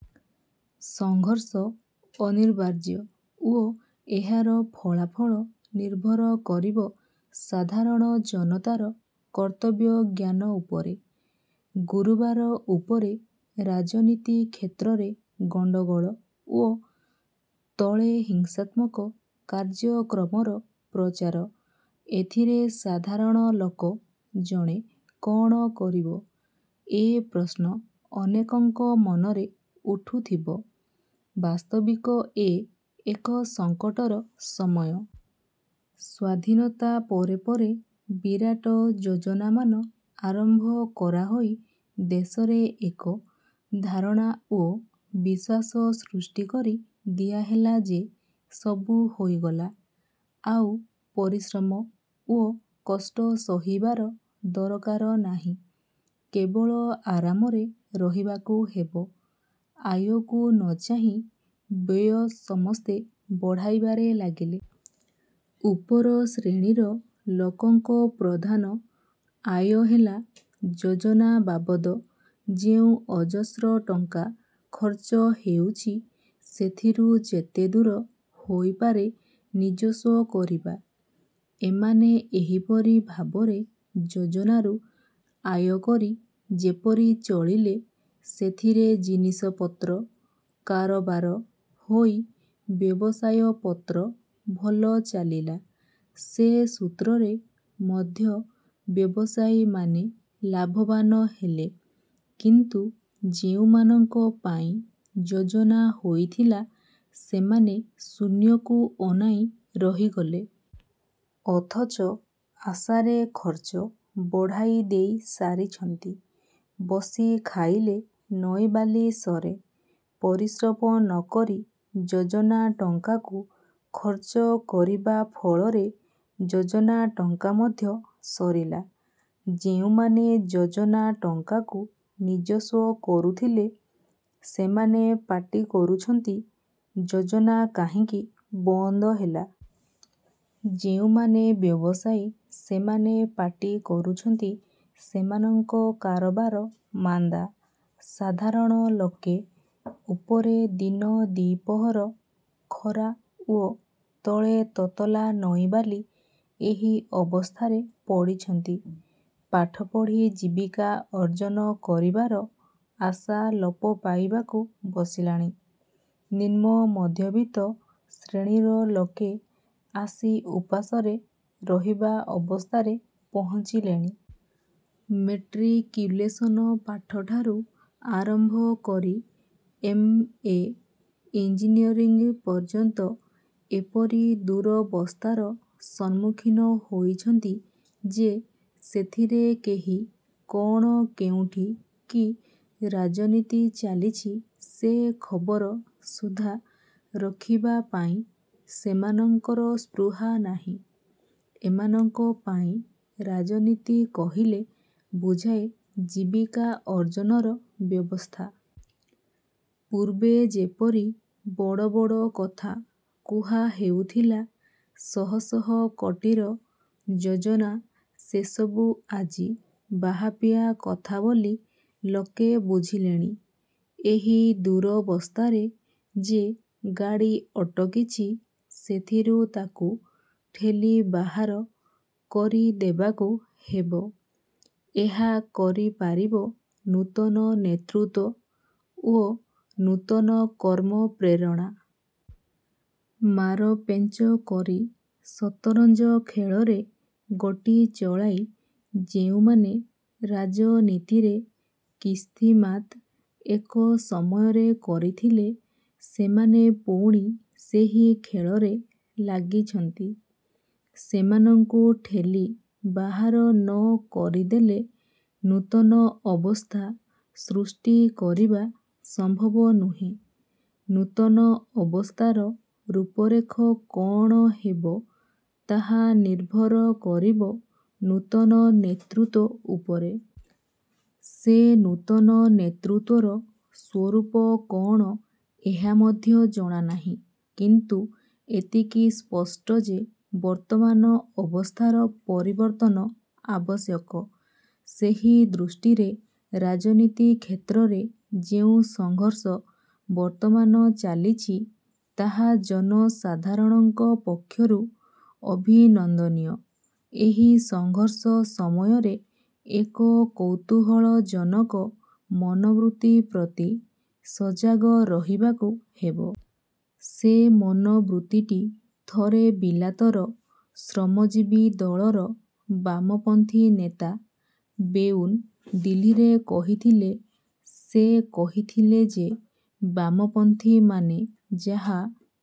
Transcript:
ସଂଘର୍ଷ ଅନିବାର୍ଯ୍ୟ ଓ ଏହାର ଫଳାଫଳ ନିର୍ଭର କରିବ ସାଧାରଣ ଜନତାର କର୍ତ୍ତବ୍ୟଜ୍ଞାନ ଉପରେ। ଗୁରୁବାର ଉପରେ ରାଜନୀତି କ୍ଷେତ୍ରରେ ଗଣ୍ଡଗୋଳ ଓ ତଳେ ହିଂସାତ୍ମକ କାର୍ଯ୍ୟକ୍ରମର ପ୍ରଚାର ଏଥିରେ ସାଧାରଣ ଲୋକ ଜଣେ କଅଣ କରିବ, ଏ ପ୍ରଶ୍ନ ଅନେକଙ୍କ ମନରେ ଉଠୁଥିବ। ବାସ୍ତବିକ ଏ ଏକ ସଂକଟର ସମୟ। ସ୍ୱାଧୀନତା ପରେ ପରେ ବିରାଟ ଯୋଜନାମାନ ଆରମ୍ଭ କରାହୋଇ ଦେଶରେ ଏକ ଧାରଣା ଓ ବିଶ୍ୱାସ ସୃଷ୍ଟିକରି ଦିଆହେଲା ଯେ ସବୁ ହୋଇଗଲା- ଆଉ ପରିଶ୍ରମ ଓ କଷ୍ଟ ସହିବାର ଦରକାର ନାହିଁ, କେବଳ ଆରାମରେ ରହିବାକୁ ହେବ। ଆୟକୁ ନ ଚାହିଁ ବ୍ୟୟ ସମସ୍ତେ ବଢ଼ାଇବାରେ ଲାଗିଲେ। ଉପର ଶ୍ରେଣୀର ଲୋକଙ୍କ ପ୍ରଧାନ ଆୟ ହେଲା, ଯୋଜନାବାବଦ ଯେଉଁ ଅଜସ୍ର ଟଙ୍କା ଖର୍ଚ୍ଚ ହେଉଛି, ସେଥିରୁ ଯେତେଦୂର ହୋଇପାରେ ନିଜସ୍ୱ କରିବା। ଏମାନେ ଏହିପରି ଭାବରେ ଯୋଜନାରୁ ଆୟକରି ଯେପରି ଚଳିଲେ, ସେଥିରେ ଜିନିଷପତ୍ର କାରବାର ହୋଇ ବ୍ୟବସାୟପତ୍ର ଭଲ ଚାଲିଲା। ସେ ସୂତ୍ରରେ ମଧ୍ୟ ବ୍ୟବସାୟୀମାନେ ଲାଭବାନ ହେଲେ; କିନ୍ତୁ ଯେଉଁମାନଙ୍କ ପାଇଁ ଯୋଜନା ହୋଇଥିଲା, ସେମାନେ ଶୂନ୍ୟକୁ ଅନାଇଁ ରହିଗଲେ। ଅଥଚ ଆଶାରେ ଖର୍ଚ୍ଚ ବଢ଼ାଇ ଦେଇ ସାରିଛନ୍ତି। ''ବସି ଖାଇଲେ ନଈବାଲି ସରେ। '' ପରିଶ୍ରମ ନ କରି ଯୋଜନା ଟଙ୍କାକୁ ଖର୍ଚ୍ଚ କରିବା ଫଳରେ ଯୋଜନା ଟଙ୍କା ମଧ୍ୟ ସରିଲା। ଯେଉଁମାନେ ଯୋଜନା ଟଙ୍କାକୁ ନିଜସ୍ୱ କରୁଥିଲେ, ସେମାନେ ପାଟିକରୁଛନ୍ତି ଯୋଜନା କାହିଁକି ବନ୍ଦହେଲା। ଯେଉଁମାନେ ବ୍ୟବସାୟୀ ସେମାନେ ପାଟିକରୁଛନ୍ତି ସେମାନଙ୍କ କାରବାର ମାନ୍ଦା। ସାଧାରଣ ଲୋକେ ଉପରେ ଦିନଦିପହର ଖରା ଓ ତଳେ ତତଲା ନଈବାଲି ଏହି ଅବସ୍ଥାରେ ପଡ଼ିଛନ୍ତି। ପାଠପଢ଼ି ଜୀବିକା ଅର୍ଜ୍ଜନ କରିବାର ଆଶା ଲୋପ ପାଇବାକୁ ବସିଲାଣି। ନିମ୍ନମଧ୍ୟବିତ୍ତ ଶ୍ରେଣୀର ଲୋକେ ଆସି ଉପାସରେ ରହିବା ଅବସ୍ଥାରେ ପହଞ୍ଚିଲେଣି। ମେଟ୍ରିକ୍ୟୁଲେସନ ପାସଠାରୁ ଆରମ୍ଭ କରି ଏମ: ଏ; ଇଂଜିନିଅରିଙ୍ଗ ପର୍ଯ୍ୟନ୍ତ ଏପରି ଦୂରବସ୍ଥାର ସମ୍ମୁଖୀନ ହୋଇଛନ୍ତି ଯେ ସେଥିରେ କେହି କଅଣ କେଉଁଠି କି ରାଜନୀତି ଚାଲିଛି ସେ ଖବର ସୁଦ୍ଧା ରଖିବା ପାଇଁ ସେମାନଙ୍କର ସ୍ପୃହା ନାହିଁ। ଏମାନଙ୍କ ପାଇଁ ରାଜନୀତି କହିଲେ ବୁଝାଏ ଜୀବିକା ଅର୍ଜ୍ଜନର ବ୍ୟବସ୍ଥା-। ପୂର୍ବେ ଯେପରି ବଡ଼ ବଡ଼ କଥା କୁହା ହେଉଥିଲା। ଶହଶହ କୋଟିର ଯୋଜନା ସେସବୁ ଆଜି ବାହାପିଆ କଥା ବୋଲି ଲୋକେ ବୁଝିଲେଣି। ଏହି ଦୂରବସ୍ଥାରେ ଯେ ଗାଡ଼ି ଅଟକିଛି, ସେଥିରୁ ତାକୁ ଠେଲି ବାହାର କରିଦେବାକୁ ହେବ। ଏହା କରିପାରିବ ନୂତନ ନେତୃତ୍ୱ ଓ ନୂତନ କର୍ମପ୍ରେରଣା। ମାରପେଞ୍ଚ କରି ସତରଞ୍ଜ ଖେଳରେ ଗୋଟି ଚଳାଇ ଯେଉଁମାନେ ରାଜନୀତିରେ କିସ୍ତିମାତ୍ ଏକ ସମୟରେ କରିଥିଲେ, ସେମାନେ ପୁଣି ସେହି ଖେଳରେ ଲାଗିଛନ୍ତି-। ସେମାନଙ୍କୁ। ଠେଲି ବାହାର ନ କରିଦେଲେ ନୂତନ ଅବସ୍ଥା ସୃଷ୍ଟି କରିବା ସମ୍ଭବ ନୁହେଁ। ନୂତନ ଅବସ୍ଥାର ରୂପରେଖ କଅଣ ହେବ, ତାହା ନିର୍ଭର କରିବ ନୂତନ ନେତୃତ୍ୱ ଉପରେ। ସେ ନୂତନ ନେତୃତ୍ୱର ସ୍ୱରୂପ କଅଣ ଏହା ମଧ୍ୟ ଜଣାନାହିଁ; କିନ୍ତୁ ଏତିକି ସ୍ପଷ୍ଟ ଯେ ବର୍ତ୍ତମାନ ଅବସ୍ଥାର ପରିବର୍ତ୍ତନ ଆବଶ୍ୟକ। ସେହି ଦୃଷ୍ଟିରେ ରାଜନୀତି କ୍ଷେତ୍ରରେ ଯେଉଁ ସଂଘର୍ଷ ବର୍ତ୍ତମାନ ଚାଲିଛି ତାହା ଜନସାଧାଣଙ୍କ ପକ୍ଷରୁ ଅଭିନନ୍ଦନୀୟ। ଏହି ସଂଘର୍ଷ ସମୟରେ ଏକ କୌତୂହଳଜନକ ମନୋବୃତ୍ତି ପ୍ରତି ସଜାଗ ରହିବାକୁ ହେବ। ସେ ମନୋବୃତ୍ତିଟି ଥରେ ବିଲାତର ଶ୍ରମଜୀବୀ ଦଳର ବାମପନ୍ଥୀ ନେତା ବେଉନ୍ ଦିଲ୍ଲୀରେ କହିଥିଲେ। ସେ କହିଥିଲେ ଯେ ବାମପନ୍ଥୀମାନେ ଯାହା